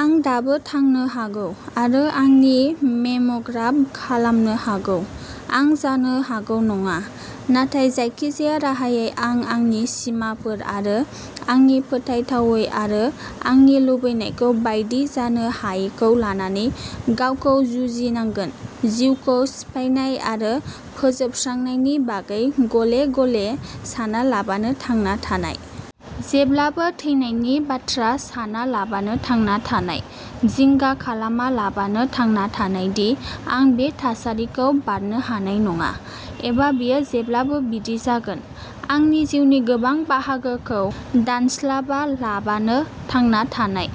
आं दाबो थांनो हागौ आरो आंनि मेम'ग्राम खालामनो हागौ। आं जानो हागौ नङा। नाथाय जायखिजाया राहायै आं आंनि सिमाफोर आरो आंनि फोथायथावै आरो आंनि लुबैनायखौ बायदि जानो हायैखौ लानानै गावखौ जुजिनांगोन जिउखौ सिफायनाय आरो फोजोबस्रांनायनि बागै गले-गले सानालाबानो थांना थानाय। जेब्लाबो थैनायनि बाथ्रा सानालाबानो थांना थानाय। जिंगा खालामालाबानो थांना थानाय दि आं बे थासारिखौ बारनो हानाय नङा, एबा बेयो जेब्लाबो बिदि जागोन। आंनि जिउनि गोबां बाहागोखौ दानस्लाबालाबानो थांना थानाय।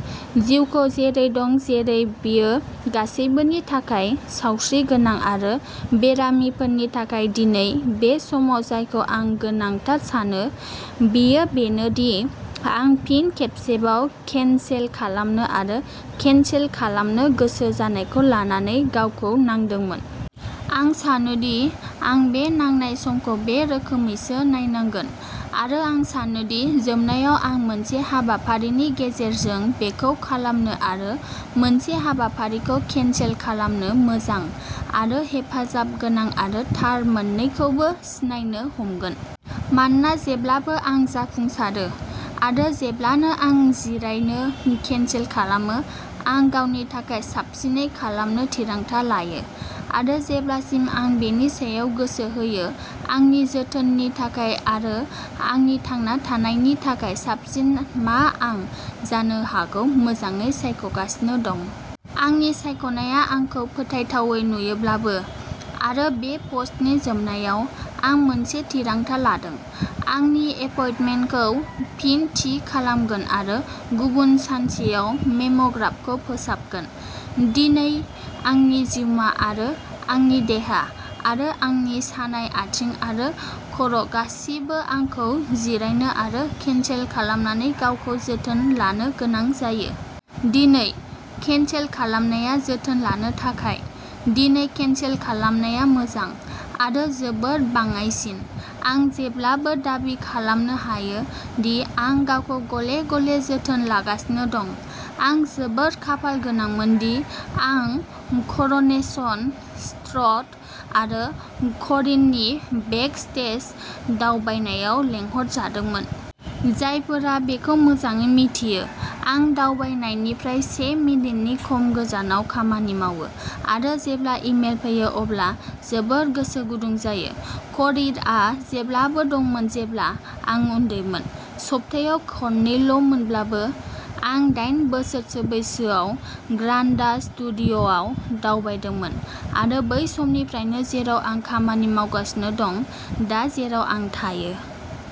जिउखौ जेरै दं जेरै बेयो गासैबोनि थाखाय, सावस्रिगोनां आरो बेरामिफोरनि थाखाय दिनै बे समाव जायखौ आं गोनांथार सानो, बेयो बेनो दि आं फिन खेबसेबाव केनसेल खालामनो आरो केनसेल खालामनो गोसो जानायखौ लानानै गावखौ नांदोंमोन। आं सानो दि आं बे नांनाय समखौ बे रोखोमैसो नायनांगोन। आरो आं सानो दि जोबनायाव आं मोनसे हाबाफारिनि गेजेरजों बेखौ खालामनो आरो मोनसे हाबाफारिखौ केनसेल खालामनो मोजां आरो हेफाजाबगोनां आरो थार मोन्नैखौबो सिनायनो हमगोन। मानोना जेब्लानो आं जाफुंसारो, आरो जेब्लानो आं जिरायनो केनसेल खालामो, आं गावनि थाखाय साबसिनै खालामनो थिरांथा लायो। आरो जेब्लासिम आं बेनि सायाव गोसो होयो आंनि जोथोननि थाखाय आरो आंनि थांना थानायनि थाखाय साबसिन मा आं जानो हागौ मोजाङै सायख'गासिनो दं। आंनि सायख'नाया आंखौ फोथायथावै नुयोब्लाबो। आरो बे पस्टनि जोबनायाव, आं मोनसे थिरांथा लादों। आंनि एपइन्टमेन्टखौ फिन थि खालामगोन आरो गुबुन सानसेआव मेम'ग्रामखौ फोसाबगोन। दिनै, आंनि जिउमा, आरो आंनि देहा, आरो आंनि सानाय आथिं आरो खर'गासिबो आंखौ जिरायनो आरो केनसेल खालामनानै गावखौ जोथोन लानो गोनां जायो। दिनै, केनसेल खालामनाया जोथोन लानो थाखाय। दिनै केनसेल खालामनाया मोजां। आरो जोबोद बाङाइसिन। आं जेब्लाबो दाबि खालामनो हायो दि आं गावखौ गले-गले जोथोन लागासिनो दं। आं जोबोद खाफालगोनांमोन दि आं कर'नेसन स्ट्रिट एबा कर्रीनि बेक स्टेज दावबायनायाव लेंहरजादोंमोन। जायफोरा बेखौ मोजाङै मिथियो। आं दावबायनायनिफ्राय से मिनिटनि खम गोजानाव खामानि मावो आरो जेब्ला इमेल फैयो अब्ला जोबोद गोसो गुदुं जायो। कर्रीआ जेब्लाबो दंमोन जेब्ला आं उन्दैमोन, सप्तायाव खननैल'मोनब्लाबो। आं दाइन बोसोरसो बैसोआव ग्रान्डा स्टुडिय'आव दावबायदोंमोन आरो बै समनिफ्रायनो जेराव आं खामानि मावगासिनो दं, दा जेराव आं थायो।